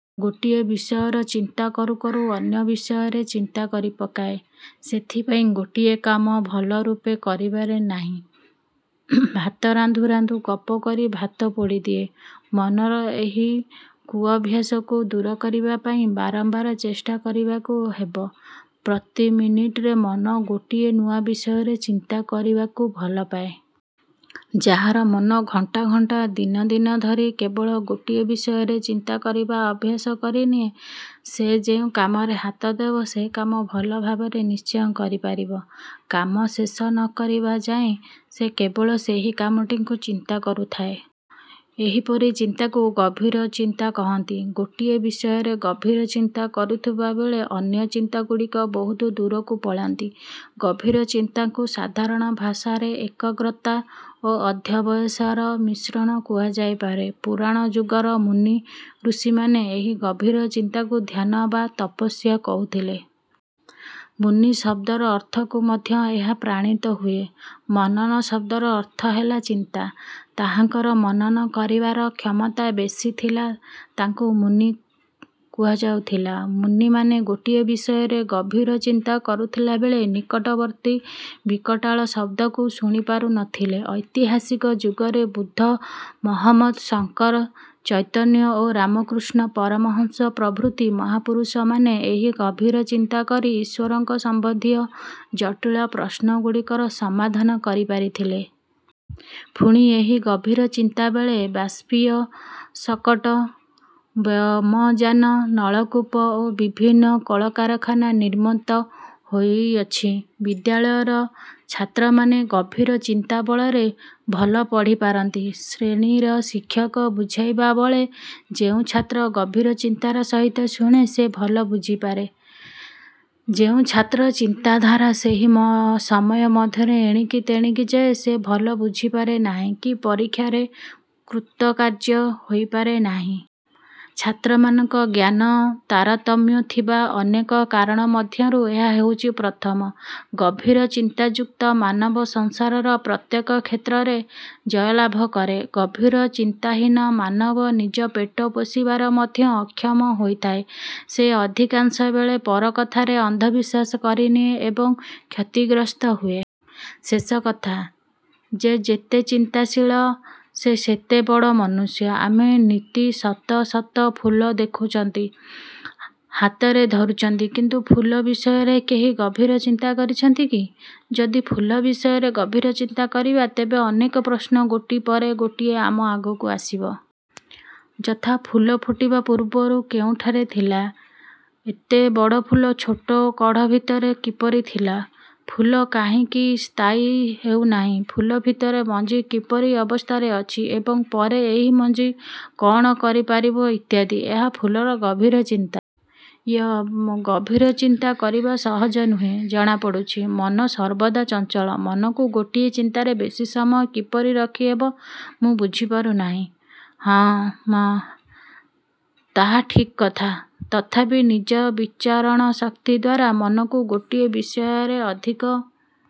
ଗୋଟିଏ ବିଷୟର ଚିନ୍ତା କରୁ କରୁ ଅନ୍ୟ ବିଷୟର ଚିନ୍ତା କରିପକାଏ। ସେଥିପାଇଁ ଗୋଟିଏ କାମ ଭଲରୂପେ କରିପାରେ ନାହିଁ। ଭାତ ରାନ୍ଧୁଁ ରାନ୍ଧୁଁ ଗପ କରି ଭାତ ପୋଡ଼ିଦିଏ। ମନର ଏହି କୁଅଭ୍ୟାସକୁ ଦୂର କରିବା ପାଇଁ ବାରମ୍ବାର ଚେଷ୍ଟା କରିବାକୁ ହେବ। ପ୍ରତି ମିନିଟରେ ମନ ଗୋଟିଏ ନୂଆ ବିଷୟରେ ଚିନ୍ତା କରିବାକୁ ଭଲପାଏ। ଯାହାର ମନ ଘଣ୍ଟା ଘଣ୍ଟା, ଦିନ ଦିନ ଧରି କେବଳ ଗୋଟିଏ ବିଷୟରେ ଚିନ୍ତା କରିବା ଅଭ୍ୟାସ କରିନିଏ; ସେ ଯେଉଁ କାମରେ ହାତ ଦେବ ସେହି କାମ ଭଲ ଭାବରେ ନିଶ୍ଚୟ କରିପାରିବ। କାମ ଶେଷ ନ କରିବା ଯାଏ, ସେ କେବଳ ସେହି କାମଟିର ଚିନ୍ତା କରୁଥାଏ। ଏହିପରି ଚିନ୍ତାକୁ ଗଭୀରଚିନ୍ତା କହନ୍ତି। ଗୋଟିଏ ବିଷୟରେ ଗଭୀର ଚିନ୍ତା କରୁଥିବା ବେଳେ ଅନ୍ୟ ଚିନ୍ତାଗୁଡ଼ିକ ବହୁତ ଦୂରକୁ ପଳାନ୍ତି। ଗଭୀରଚିନ୍ତାକୁ ସାଧାରଣ ଭାଷାରେ ଏକାଗ୍ରତା ଓ ଅଧ୍ୟବସାୟର ମିଶ୍ରଣ କୁହାଯାଇପାରେ। ପୁରାଣ ଯୁଗର ମୁନି ଋଷିମାନେ ଏହି ଗଭୀର ଚିନ୍ତାକୁ ଧ୍ୟାନ ବା ତପସ୍ୟା କହୁଥିଲେ। ମୁନି ଶବ୍ଦର ଅର୍ଥରୁ ମଧ୍ୟ ଏହା ପ୍ରମାଣିତ ହୁଏ। ମନନ ଶବ୍ଦର ଅର୍ଥ ହେଲା ଚିନ୍ତା। ଯାହାଙ୍କର ମନନ କରିବାର କ୍ଷମତା ବେଶୀ ଥିଲା ତାଙ୍କୁ ମୁନି କୁହାଯାଉଥିଲା। ମୁନିମାନେ ଗୋଟିଏ ବିଷୟରେ ଗଭୀରଚିନ୍ତା କରୁଥିବାବେଳେ ନିକଟବର୍ତ୍ତୀ ବିକଟାଳ ଶବ୍ଦକୁ ଶୁଣିପାରୁ ନ ଥିଲେ। ଐତିହାସିକ ଯୁଗରେ ବୁଦ୍ଧ, ମହମ୍ମଦ, ଶଙ୍କର, ଚୈତନ୍ୟ ଓ ରାମକୃଷ୍ଣ ପରମହଂସ ପ୍ରଭୃତି ମହାପୁରୁଷମାନେ ଏହି ଗଭୀରଚିନ୍ତା କରି ଈଶ୍ଵରଙ୍କ ସମ୍ବନ୍ଧୀୟ ଜଟିଳ ପ୍ରଶ୍ନଗୁଡ଼ିକର ସମାଧାନ କରିପାରିଥିଲେ। ପୁଣି ଏହି ଗଭୀର ଚିନ୍ତାବଳରେ ବାଷ୍ପୀୟଶକଟ, ବ୍ୟୋମଯାନ, ନଳକୂପ ଓ ବିଭିନ୍ନ କଳକରାଖାନା ନିର୍ମିତ ହୋଇଅଛି। ବିଦ୍ୟାଳୟର ଛାତ୍ରମାନେ ଗଭୀର ଚିନ୍ତା ବଳରେ ଭଲ ପଢ଼ି ପାରନ୍ତି। ଶ୍ରେଣୀରେ ଶିକ୍ଷକ ବୁଝାଇବା ବେଳେ ଯେଉଁ ଛାତ୍ର ଗଭୀରଚିନ୍ତାର ସହିତ ଶୁଣେ, ସେ ଭଲ ବୁଝିଯାଏ। ଯେଉଁ ଛାତ୍ରର ଚିନ୍ତାଧାରା ସେହି ସମୟ ମଧ୍ୟରେ ଏଣିକି ତେଣିକି ଯାଏ, ସେ ଭଲ ବୁଝିପାରେ ନାହିଁ କି ପରୀକ୍ଷାରେ କୃତକାର୍ଯ୍ୟ ହୋଇପାରେ ନାହିଁ। ଛାତ୍ରମାନଙ୍କ ଜ୍ଞାନରେ ତାରତମ୍ୟ ଥିବାର ଅନେକ କାରଣ ମଧ୍ୟରୁ ଏହା ହେଉଛି ପ୍ରଥମ। ଗଭୀର ଚିନ୍ତାଯୁକ୍ତ ମାନବ ସଂସାରର ପ୍ରତ୍ୟେକ କ୍ଷେତ୍ରରେ ଜୟଲାଭ କରେ। ଗଭୀର ଚିନ୍ତାହୀନ ମାନବ ନିଜ ପେଟ ପୋଷିବାରେ ମଧ୍ୟ ଅକ୍ଷମ ହୋଇଥାଏ। ସେ ଅଧିକାଂଶବେଳେ ପର କଥାରେ ଅନ୍ଧବିଶ୍ଵାସ କରିନିଏ ଏବଂ କ୍ଷତିଗ୍ରସ୍ତ ହୁଏ। ଶେଷ କଥା, ଯେ ଯେତେ ଚିନ୍ତାଶୀଳ ସେ ସେତେ ବଡ଼ ମନୁଷ୍ୟ। ଆମେ ନିତି ଶତ ଶତ ଫୁଲ ଦେଖୁଛନ୍ତି, ହାତରେ ଧରୁଛନ୍ତି; କିନ୍ତୁ ଫୁଲ ବିଷୟରେ କେହି ଗଭୀର ଚିନ୍ତା କରୁଛନ୍ତି-କି? ଯଦି ଫୁଲ ବିଷୟରେ ଗଭୀର ଚିନ୍ତା କରିବା ତେବେ ଅନେକ ପ୍ରଶ୍ନ ଗୋଟିକ ପରେ ଗୋଟିଏ ଆମ ଆଗକୁ ଆସିବ। ଯଥା-ଫୁଲ ପୁଟିବା ପୂର୍ବରୁ କେଉଁଠାରେ ଥିଲା, ଏତେ ବଡ଼ ଫୁଲ ଛୋଟ କଢ଼ ଭିତରେ କିପରି ଥିଲା, ଫୁଲ କାହିଁକି ସ୍ଥାୟୀ ହେଉନାହିଁ, ଫୁଲ ଭିତରେ ମଞ୍ଜି କିପରି ଅବସ୍ଥାରେ ଅଛି ଏବଂ ପରେ ଏହି ମଞ୍ଜି କଅଣ କରିପାରିବ ଇତ୍ୟାଦି। ଏହା ଫୁଲର ଗଭୀର ଚିନ୍ତା। ୟ-ଗଭୀରଚିନ୍ତା କରିବା ସହଜ ନୁହେଁ, ଜଣାପଡ଼ୁଛି। ମନ ସର୍ବଦା ଚଞ୍ଚଳ। ମନକୁ ଗୋଟିଏ ଚିନ୍ତାରେ ବେଶୀ ସମୟ କିପରି ରଖିହେବ, ମୁଁ ବୁଝିପାରୁନାହିଁ। ମ-ହଁ, ତାହା ଠିକ୍ କଥା। ତଥାପି ନିଜର ବିଚାରଶକ୍ତିଦ୍ୱାରା ମନକୁ ଗୋଟିଏ ବିଷୟରେ ଅଧିକ